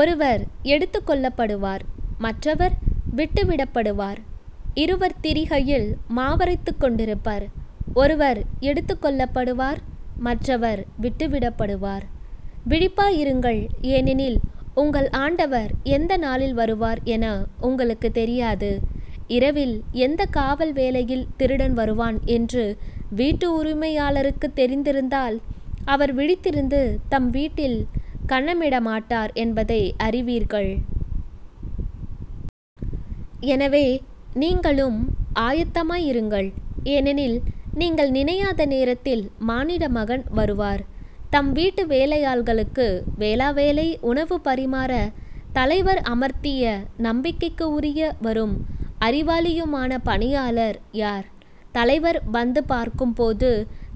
ஒருவர் எடுத்துக் கொள்ளப்படுவார் மற்றவர் விட்டு விடப்படுவார். இருவர் திரிகையில் மாவரைத்துக்கொண்டிருப்பர். ஒருவர் எடுத்துக் கொள்ளப்படுவார் மற்றவர் விட்டுவிடப்படுவார். விழிப்பாயிருங்கள் ஏனெனில் உங்கள் ஆண்டவர் எந்த நாளில் வருவார் என உங்களுக்குத் தெரியாது. இரவில் எந்தக் காவல் வேளையில் திருடன் வருவான் என்று வீட்டு உரிமையாளருக்குத் தெரிந்திருந்தால் அவர் விழித்திருந்து தம் வீட்டில் கன்னமிடமாட்டார் என்பதை அறிவீர்கள். எனவே நீங்களும் ஆயத்தமாய் இருங்கள். ஏனெனில் நீங்கள் நினையாத நேரத்தில் மானிட மகன் வருவார். தம் வீட்டு வேலையாள்களுக்கு வேளாவேளை உணவு பரிமாறத் தலைவர் அமர்த்திய நம்பிக்கைக்கு உரிய வரும் அறிவாளியுமான பணியாளர் யார்? தலைவர் வந்த பார்க்கும் போது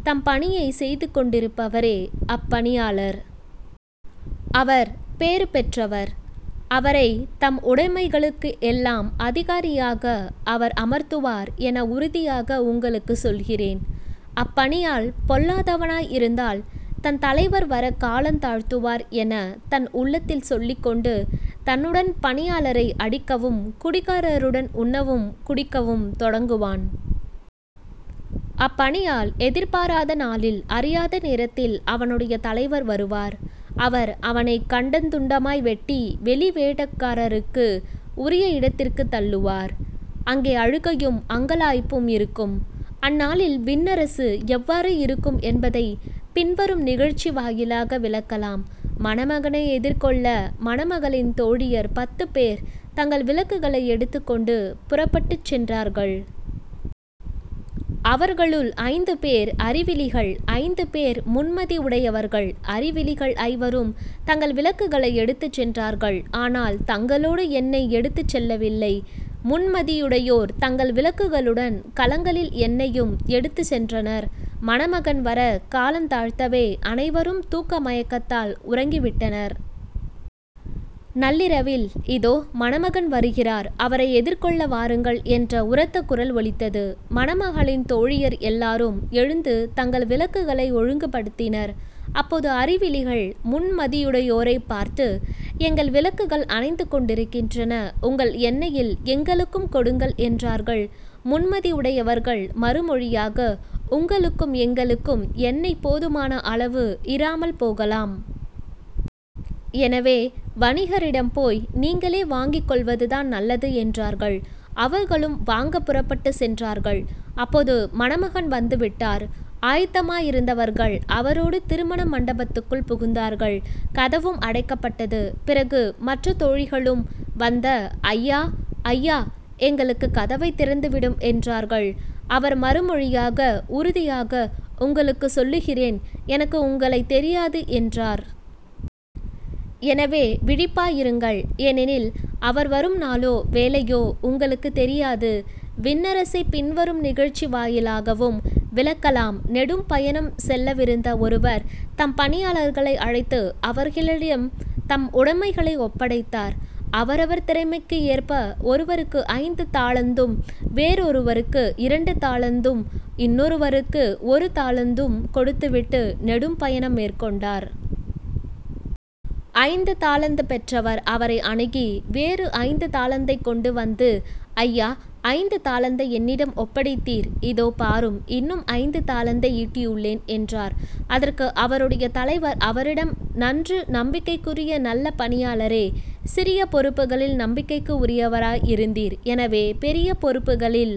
தம் பணியைச் செய்துகொண்டிருப்பவரே அப்பணியாளர். அவர் பேறு பெற்றவர். அவரைத் தம் உடைமைகளுக்கெல்லாம் அதிகாரியாக அவர் அமர்த்துவார் என உறுதியாக உங்களுக்குச் சொல்கிறேன். அப்பணியாள் பொல்லாதவனாய் இருந்தால் தன் தலைவர் வரக் காலந் தாழ்த்துவார் எனத் தன் உள்ளத்தில் சொல்லிக் கொண்டு, தன் உடன் பணியாளரை அடிக்கவும் குடிகாரருடன் உண்ணவும் குடிக்கவும் தொடங்குவான். அப்பணியாள் எதிர்பாராத நாளில் அறியாத நேரத்தில் அவனுடைய தலைவர் வருவார். அவர் அவனைக் கண்டந்துண்டமாய் வெட்டி வெளி வேடக்காரருக்கு உரிய இடத்திற்குத் தள்ளுவார். அங்கே அழுகையும் அங்கலாய்ப்பும் இருக்கும். அந்நாளில் விண்ணரசு எவ்வாறு இருக்கும் என்பதைப் பின்வரும் நிகழ்ச்சி வாயிலாக விளக்கலாம் மணமகனை எதிர்கொள்ள மணமகளின் தோழியர் பத்துப்பேர் தங்கள் விளக்குகளை எடுத்துக் கொண்டு புறப்பட்டுச் சென்றார்கள். அவர்களுள் ஐந்து பேர் அறிவிலிகள் ஐந்து பேர் முன்மதி உடையவர்கள். அறிவிலிகள் ஐவரும் தங்கள் விளக்குகளை எடுத்துச் சென்றார்கள் ஆனால் தங்களோடு எண்ணெய் எடுத்துச் செல்லவில்லை. முன்மதியுடையோர் தங்கள் விளக்குகளுடன் கலங்களில் எண்ணெயும் எடுத்துச் சென்றனர். மணமகன் வரக் காலந் தாழ்த்தவே அனைவரும் தூக்க மயக்கத்தால் உறங்கிவிட்டனர். நள்ளிரவில் இதோ மணமகன் வருகிறார். அவரை எதிர்கொள்ள வாருங்கள் என்ற உரத்த குரல் ஒலித்தது. மணமகளின் தோழியர் எல்லாரும் எழுந்து தங்கள் விளக்குகளை ஒழுங்குபடுத்தினர். அப்போது அறிவிலிகள் முன்மதியுடையோரைப் பார்த்து எங்கள் விளக்குகள் அணைந்துகொண்டிருக்கின்றன உங்கள் எண்ணெயில் எங்களுக்கும் கொடுங்கள் என்றார்கள். முன்மதி உடையவர்கள் மறுமொழியாக உங்களுக்கும் எங்களுக்கும் எண்ணெய் போதுமான அளவு இராமல் போகலாம். எனவே வணிகரிடம் போய் நீங்களே வாங்கிக்கொள்வதுதான் நல்லது என்றார்கள். அவர்களும் வாங்கப் புறப்பட்டுச் சென்றார்கள். அப்போது மணமகன் வந்து விட்டார். ஆயத்தமாயிருந்தவர்கள் அவரோடு திருமண மண்டபத்துக்குள் புகுந்தார்கள். கதவும் அடைக்கப்பட்டது. பிறகு மற்றத் தோழிகளும் வந்த ஐயா ஐயா எங்களுக்குக் கதவைத் திறந்துவிடும் என்றார்கள். அவர் மறுமொழியாக உறுதியாக உங்களுக்குச் சொல்லுகிறேன் எனக்கு உங்களைத் தெரியாது என்றார். எனவே விழிப்பாயிருங்கள் ஏனெனில் அவர் வரும் நாளோ வேளையோ உங்களுக்குத் தெரியாது. விண்ணரசைப் பின்வரும் நிகழ்ச்சி வாயிலாகவும் விளக்கலாம் நெடும் பயணம் செல்லவிருந்த ஒருவர் தம் பணியாளர்களை அழைத்து அவர்களிடம் தம் உடைமைகளை ஒப்படைத்தார். அவரவர் திறமைக்கு ஏற்ப ஒருவருக்கு ஐந்து தாலந்தும் வேறொருவருக்கு இரண்டு தாலந்தும், இன்னொருவருக்கு ஒரு தாலந்தும் கொடுத்துவிட்டு நெடும் பயணம் மேற்கொண்டார். ஐந்து தாலந்து பெற்றவர் அவரை அணுகி வேறு ஐந்து தாலந்தைக் கொண்டு வந்து ஐயா ஐந்து தாலந்தை என்னிடம் ஒப்படைத்தீர் இதோ பாரும் இன்னும் ஐந்து தாலந்தை ஈட்டியுள்ளேன் என்றார். அதற்கு அவருடைய தலைவர் அவரிடம் நன்று நம்பிக்கைக்குரிய நல்ல பணியாளரே சிறிய பொறுப்புகளில் நம்பிக்கைக்கு உரியவராய் இருந்தீர். எனவே பெரிய பொறுப்புகளில்